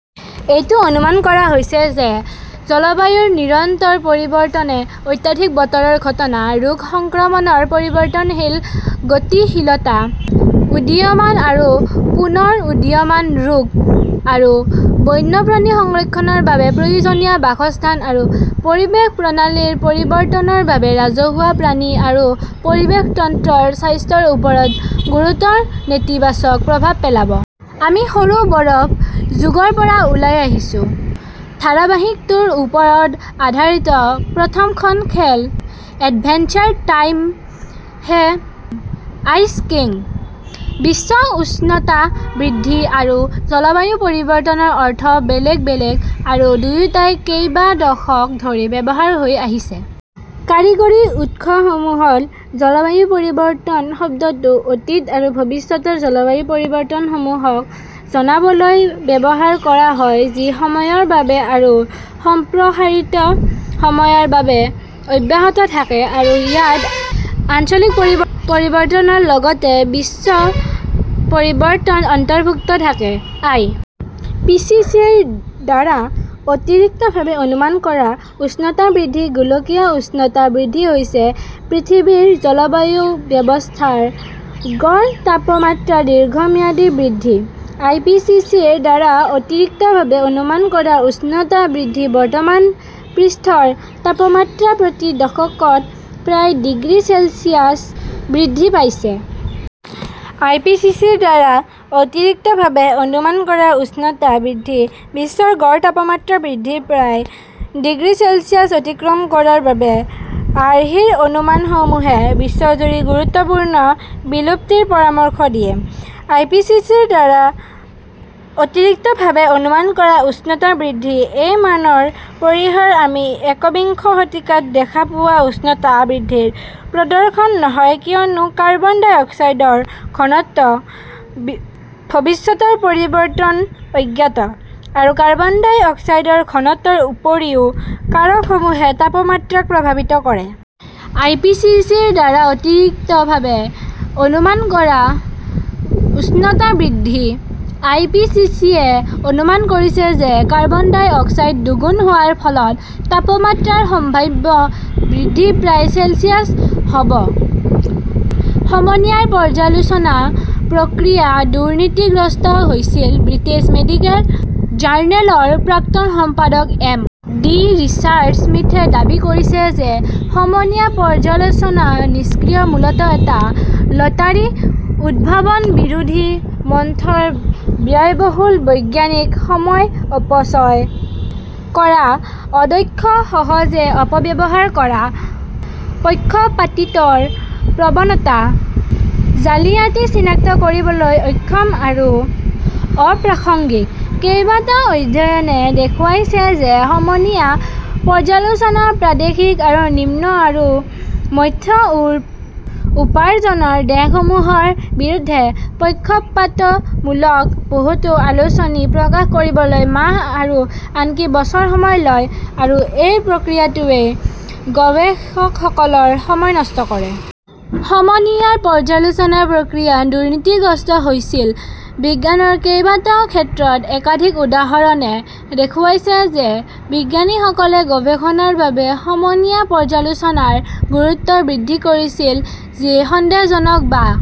এইটো অনুমান কৰা হৈছে যে জলবায়ুৰ নিৰন্তৰ পৰিৱৰ্তনে অত্যাধিক বতৰৰ ঘটনা, ৰোগ সংক্ৰমণৰ পৰিৱৰ্তনশীল গতিশীলতা, উদীয়মান আৰু পুনৰ উদীয়মান ৰোগ, আৰু বন্যপ্ৰাণী সংৰক্ষণৰ বাবে প্ৰয়োজনীয় বাসস্থান আৰু পৰিৱেশ প্ৰণালীৰ পৰিৱৰ্তনৰ বাবে ৰাজহুৱা, প্ৰাণী আৰু পৰিৱেশ তন্ত্ৰৰ স্বাস্থ্যৰ ওপৰত গুৰুতৰ নেতিবাচক প্ৰভাৱ পেলাব। আমি সৰু বৰফ যুগৰ পৰা ওলাই আহিছো। ধাৰাবাহিকটোৰ ওপৰত আধাৰিত প্ৰথমখন খেল, adventure time hey ice king! 'বিশ্ব উষ্ণতা বৃদ্ধি' আৰু 'জলবায়ু পৰিৱৰ্তন' ৰ অৰ্থ বেলেগ বেলেগ আৰু দুয়োটাই কেইবা দশক ধৰি ব্যৱহাৰ হৈ আহিছে। কাৰিকৰী উৎসসমূহত, জলবায়ু পৰিৱৰ্তন শব্দটো অতীত আৰু ভৱিষ্যতৰ জলবায়ু পৰিৱৰ্তনসমূহক জনাবলৈও ব্যৱহাৰ কৰা হয় যি সময়ৰ বাবে আৰু সম্প্ৰসাৰিত সময়ৰ বাবে অব্যাহত থাকে, আৰু ইয়াত আঞ্চলিক পৰিৱৰ্তনৰ লগতে বিশ্ব পৰিৱৰ্তন অন্তৰ্ভুক্ত থাকে। আই. পি. চি. চি. -ৰ দ্বাৰা অতিৰিক্তভাৱে অনুমান কৰা উষ্ণতা বৃদ্ধি গোলকীয় উষ্ণতা বৃদ্ধি হৈছে পৃথিৱীৰ জলবায়ু ব্যৱস্থাৰ গড় তাপমাত্ৰাৰ দীৰ্ঘম্যাদী বৃদ্ধি। আই. পি. চি. চি. -ৰ দ্বাৰা অতিৰিক্তভাৱে অনুমান কৰা উষ্ণতা বৃদ্ধি বৰ্তমান, পৃষ্ঠৰ তাপমাত্ৰা প্ৰতি দশকত প্ৰায় ডিগ্ৰী চেলছিয়াছ বৃদ্ধি পাইছে। আই. পি. চি. চি. -ৰ দ্বাৰা অতিৰিক্তভাৱে অনুমান কৰা উষ্ণতা বৃদ্ধি বিশ্বৰ গড় তাপমাত্ৰা বৃদ্ধি প্ৰায় ডিগ্ৰী চেলছিয়াছ অতিক্ৰম কৰাৰ বাবে, আৰ্হিৰ অনুমানসমূহে বিশ্বজুৰি গুৰুত্বপূৰ্ণ বিলুপ্তিৰ পৰামৰ্শ দিয়ে। আই. পি. চি. চি. -ৰ দ্বাৰা অতিৰিক্তভাৱে অনুমান কৰা উষ্ণতা বৃদ্ধি এই মানৰ পৰিসৰ আমি একবিংশ শতিকাত দেখা পোৱা উষ্ণতা বৃদ্ধিৰ প্ৰদৰ্শন নহয়, কিয়নো কাৰ্বন ডাই অক্সাইডৰ ঘনত্বৰ ভৱিষ্যতৰ পৰিৱৰ্তন অজ্ঞাত, আৰু কাৰ্বন ডাই অক্সাইডৰ ঘনত্বৰ উপৰিও কাৰকসমূহে তাপমাত্ৰাক প্ৰভাৱিত কৰে। আই. পি. চি. চি. -ৰ দ্বাৰা অতিৰিক্তভাৱে অনুমান কৰা উষ্ণতা বৃদ্ধি আই. পি. চি. চি. -য়ে অনুমান কৰিছে যে কাৰ্বন ডাই অক্সাইড দুগুণ হোৱাৰ ফলত তাপমাত্ৰাৰ সম্ভাৱ্য বৃদ্ধি প্ৰায় চেলছিয়াছ, হ 'ব। সমনীয়াৰ পৰ্যালোচনা প্ৰক্ৰিয়া দুৰ্নীতিগ্ৰস্ত হৈছিল ব্ৰিটিছ মেডিকেল জাৰ্নেলৰ প্ৰাক্তন সম্পাদক এম. ডি. ৰিচাৰ্ড স্মিথে দাবী কৰিছে যে সমনীয়া পৰ্যালোচনা "নিষ্ক্ৰিয়, মূলতঃ এটা লটাৰী, উদ্ভাৱন-বিৰোধী, মন্থৰ, ব্যয়বহুল, বৈজ্ঞানিক সময় অপচয় কৰা, অদক্ষ, সহজে অপব্যৱহাৰ কৰা, পক্ষপাতিত্বৰ প্ৰৱণতা, জালিয়াতি চিনাক্ত কৰিবলৈ অক্ষম আৰু অপ্ৰাসংগিক; কেইবাটাও অধ্যয়নে দেখুৱাইছে যে সমনীয়া পৰ্যালোচনা প্ৰাদেশিক আৰু নিম্ন আৰু মধ্যম উপাৰ্জনৰ দেশসমূহৰ বিৰুদ্ধে পক্ষপাতমূলক; বহুতো আলোচনী প্ৰকাশ কৰিবলৈ মাহ আৰু আনকি বছৰ সময় লয় আৰু এই প্ৰক্ৰিয়াটোৱে গৱেষকসকলৰ সময় নষ্ট কৰে। সমনীয়াৰ পৰ্যালোচনা প্ৰক্ৰিয়া দুৰ্নীতিগ্ৰস্ত হৈছিল বিজ্ঞানৰ কেইবাটাও ক্ষেত্ৰত একাধিক উদাহৰণে দেখুৱাইছে যে বিজ্ঞানীসকলে গৱেষণাৰ বাবে সমনীয়া পৰ্যালোচনাৰ গুৰুত্ব বৃদ্ধি কৰিছিল যি সন্দেহজনক বা